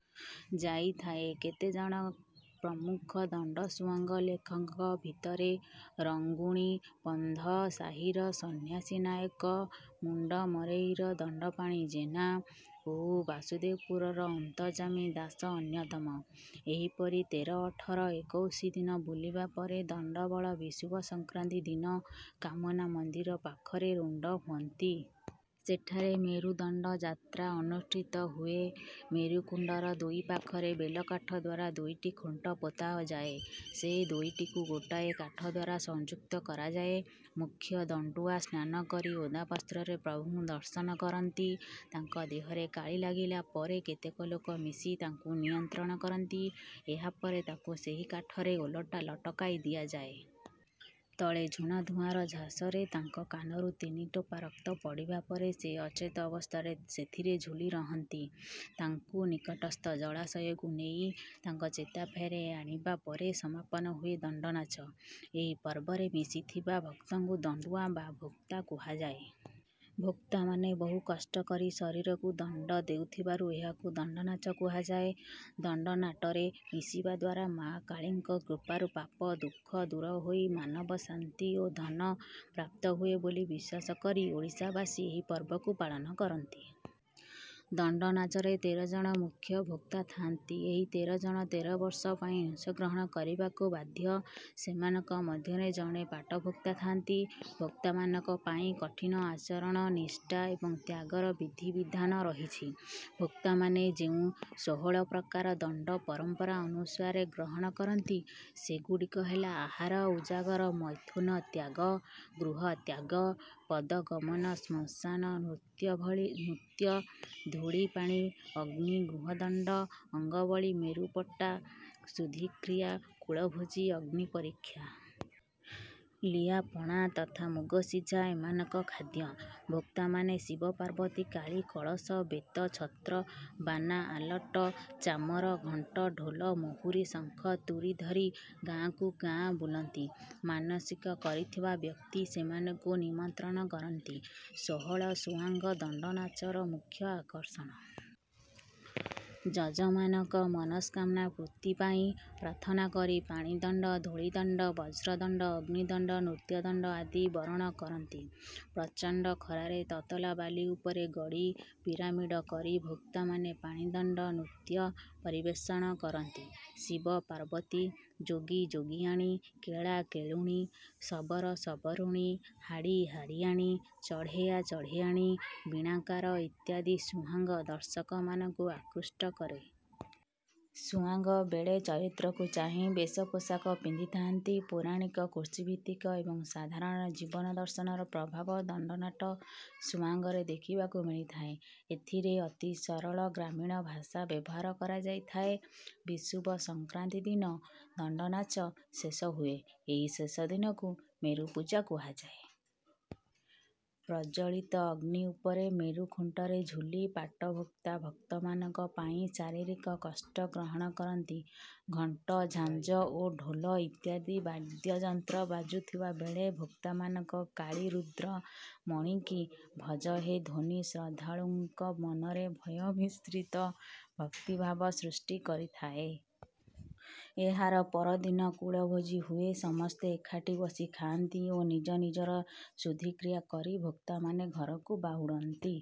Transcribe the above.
ଯାଇଥାଏ। କେତେଜଣ ପ୍ରମୁଖ ଦଣ୍ଡସୁଆଙ୍ଗ ଲେଖକଙ୍କ ଭିତରେ ରଙ୍ଗୁଣି ବନ୍ଧ ସାହିର ସନ୍ନ୍ୟାସୀ ନାୟକ ମୁଣ୍ଡମରେଇର ଦଣ୍ଡପାଣି ଜେନା ଓ ବାସୁଦେବପୁରର ଅନ୍ତର୍ଯ୍ୟାମୀ ଦାସ ଅନ୍ୟତମ। ଏହିପରି ତେର ଅଠର ଏକୋଇଶି ଦିନ ବୁଲିବା ପରେ ଦଣ୍ଡଦଳ ବିଷୁବ ସଂକ୍ରାନ୍ତି ଦିନ କାମନା ମନ୍ଦିର ପାଖରେ ରୁଣ୍ଡ ହୁଅନ୍ତି। ସେଠାରେ ମେରୁଯାତ୍ରା ଅନୁଷ୍ଠିତ ହୁଏ। ମେରୁକୁଣ୍ଡର ଦୁଇ ପାଖରେ ବେଲକାଠ ଦ୍ୱାରା ଦୁଇଟି ଖୁଣ୍ଟ ପୋତାଯାଏ। ସେ ଦୁଇଟିକୁ ଗୋଟିଏ କାଠ ଦ୍ୱାରା ସଂଯୁକ୍ତ କରାଯାଏ। ମୁଖ୍ୟ ଦଣ୍ଡୁଆ ସ୍ନାନ ସାରି ଓଦା ବସ୍ତ୍ରରେ ପ୍ରଭୁଙ୍କୁ ଦର୍ଶନ କରନ୍ତି ତାଙ୍କ ଦେହରେ କାଳୀ ଲାଗିଲା ପରେ କେତେକ ଲୋକ ମିଶି ତାଙ୍କୁ ନିୟନ୍ତ୍ରଣ କରନ୍ତି ଏହା ପରେ ତାଙ୍କୁ ସେହି କାଠରେ ଓଲଟା ଲଟକାଇ ଦିଆଯାଏ। ତଳେ ଝୁଣା ଧୂଆଁର ଝାସରେ ତାଙ୍କ ନାକରୁ ତିନି ଟୋପା ରକ୍ତ ପଡ଼ିବା ପରେ ସେ ଅଚେତ ଅବସ୍ଥାରେ ସେଥିରେ ଝୁଲି ରହନ୍ତି। ତାଙ୍କୁ ନିକଟସ୍ଥ ଜଳାଶୟକୁ ନେଇ ତାଙ୍କ ଚେତା ଫେରାଇ ଆଣିବା ପରେ ସମାପନ ହୁଏ ଦଣ୍ଡନାଚ। ଏହି ପର୍ବରେ ମିଶିଥିବା ଭକ୍ତଙ୍କୁ ଦଣ୍ଡୁଆ ବା ଭୋକ୍ତା କୁହାଯାଏ। ଭୋକ୍ତାମାନେ ବହୁ କଷ୍ଟ କରି ଶରୀରକୁ ଦଣ୍ଡ ଦେଉଥିବାରୁ ଏହାକୁ ଦଣ୍ଡନାଚ କୁହାଯାଏ। ଦଣ୍ଡନାଟରେ ମିଶିବା ଦ୍ୱାରା ମାଆ କାଳୀଙ୍କ କୃପାରୁ ପାପ ଓ ଦୁଃଖ ଦୂର ହୋଇ ମାନବ ଶାନ୍ତି ଓ ଧନ ପ୍ରାପ୍ତ ହୁଏ ବୋଲି ବିଶ୍ୱାସ କରି ଓଡ଼ିଶାବାସୀ ଏହି ପର୍ବକୁ ପାଳନ କରନ୍ତି। ଦଣ୍ଡନାଚରେ ତେର ଜଣ ମୁଖ୍ୟ ଭୋକ୍ତା ଥାଆନ୍ତି ଏହି ତେର ଜଣ ତେର ବର୍ଷ ପାଇଁ ଅଂଶଗ୍ରହଣ କରିବାକୁ ବାଧ୍ୟ। ସେମାନଙ୍କ ମଧ୍ୟରେ ଜଣେ ପାଟଭୋକ୍ତା ଥାଆନ୍ତି। ଭୋକ୍ତାମାନଙ୍କ ପାଇଁ କଠିନ ଆଚରଣ ନିଷ୍ଠା ଏବଂ ତ୍ୟାଗର ବିଧିବିଧାନ ରହିଛି। ଭୋକ୍ତାମାନେ ଯେଉଁ ଷୋହଳ ପ୍ରକାର ଦଣ୍ଡ ପରମ୍ପରା ଅନୁସାରେ ଗ୍ରହଣ କରନ୍ତି ସେଗୁଡ଼ିକ ହେଲା ଆହାର ଉଜାଗର ମୈଥୁନ ତ୍ୟାଗ ଗୃହତ୍ୟାଗ ପଦଗମନ ଶ୍ମଶାନ ନୃତ୍ୟ ଧୂଳି ପାଣି ଅଗ୍ନି ଗୃହଦଣ୍ଡ ଅଙ୍ଗବଳୀ ମେରୁପଟା ଶୁଦ୍ଧିକ୍ରିୟା କୁଳଭୋଜି ଅଗ୍ନି ପରୀକ୍ଷା। ଲିଆ ପଣା ତଥା ମୁଗସିଝା ଏମାନଙ୍କର ଖାଦ୍ୟ। ଭୋକ୍ତାମାନେ ଶିବ ପାର୍ବତୀ କାଳୀ କଳସ ବେତ ଛତ୍ର ବାନା ଆଲଟ ଚାମର ଘଣ୍ଟ ଢୋଲ ମହୁରୀ ଶଙ୍ଖ ତୁରୀ ଧରି ଗାଁକୁ ଗାଁ ବୁଲନ୍ତି। ମାନସିକ କରିଥିବା ବ୍ୟକ୍ତି ସେମାନଙ୍କୁ ନିମନ୍ତ୍ରଣ କରନ୍ତି। ଷୋହଳ ସୁଆଙ୍ଗ ଦଣ୍ଡନାଚର ମୁଖ୍ୟ ଆକର୍ଷଣ। ଯଜମାନଙ୍କ ମନସ୍କାମନା ପୂର୍ତ୍ତି ପାଇଁ ପ୍ରାର୍ଥନା କରି ପାଣିଦଣ୍ଡ ଧୂଳିଦଣ୍ଡ ବଜ୍ରଦଣ୍ଡ ଅଗ୍ନିଦଣ୍ଡ ନୃତ୍ୟଦଣ୍ଡ ଆଦି ବରଣ କରନ୍ତି। ପ୍ରଚଣ୍ଡ ଖରାରେ ତତଲା ବାଲି ଉପରେ ଗଡ଼ି ପିରାମିଡ଼ କରି ଭୋକ୍ତାମାନେ ପାଣିଦଣ୍ଡ ନୃତ୍ୟ ପରିବେଷଣ କରନ୍ତି। ଶିବ ପାର୍ବତୀ ଯୋଗି ଯୋଗିଆଣୀ କେଳା କେଳୁଣୀ ଶବର ଶବରୁଣୀ ହାଡ଼ି ହାଡ଼ିଆଣୀ ଚଢ଼େୟା ଚଢ଼େୟାଣୀ ବୀଣାକାର ଇତ୍ୟାଦି ସୁଆଙ୍ଗ ଦର୍ଶକମାନଙ୍କୁ ଆକୃଷ୍ଟ କରେ। ସୁଆଙ୍ଗ ବେଳେ ଚରିତ୍ରକୁ ଚାହିଁ ବେଶ ପୋଷାକ ପିନ୍ଧିଥାନ୍ତି। ପୌରାଣିକ କୃଷିଭିତ୍ତିକ ଏବଂ ସାଧାରଣ ଜୀବନ ଦର୍ଶନର ପ୍ରଭାବ ଦଣ୍ଡନାଟ ସୁଆଙ୍ଗରେ ଦେଖିବାକୁ ମିଳିଥାଏ। ଏଥିରେ ଅତି ସରଳ ଗ୍ରାମୀଣ ଭାଷା ବ୍ୟବହାର କରାଯାଇଥାଏ। ବିଷୁବ ସଂକ୍ରାନ୍ତି ଦିନ ଦଣ୍ଡନାଚ ଶେଷ ହୁଏ। ଏହି ଶେଷ ଦିନକୁ ମେରୁ ପୂଜା କୁହାଯାଏ। ପ୍ରଜ୍ୱଳିତ ଅଗ୍ନି ଉପରେ ମେରୁ ଖୁଣ୍ଟରେ ଝୁଲି ପାଟଭୋକ୍ତା ଭକ୍ତମାନଙ୍କ ପାଇଁ ଶାରୀରିକ କଷ୍ଟ ଗ୍ରହଣ କରନ୍ତି। ଘଣ୍ଟ ଝାଞ୍ଜ ଓ ଢୋଲ ଇତ୍ୟାଦି ବାଦ୍ୟଯନ୍ତ୍ର ବାଜୁଥିବା ବେଳେ ଭୋକ୍ତାମାନଙ୍କ କାଳୀରୁଦ୍ର ମଣିକି ଭଜ ହେ ଧ୍ୱନି ଶ୍ରଦ୍ଧାଳୁଙ୍କ ମନରେ ଭୟ ମିଶ୍ରିତ ଭକ୍ତିଭାବ ସୃଷ୍ଟି କରିଥାଏ। ଏହାର ପରଦିନ କୁଳଭୋଜି ହୁଏ ସମସ୍ତେ ଏକାଠି ବସି ଖାଆନ୍ତି ଓ ନିଜ ନିଜର ଶୁଦ୍ଧିକ୍ରିୟା କରି ଭୋକ୍ତାମାନେ ଘରକୁ ବାହୁଡ଼ନ୍ତି।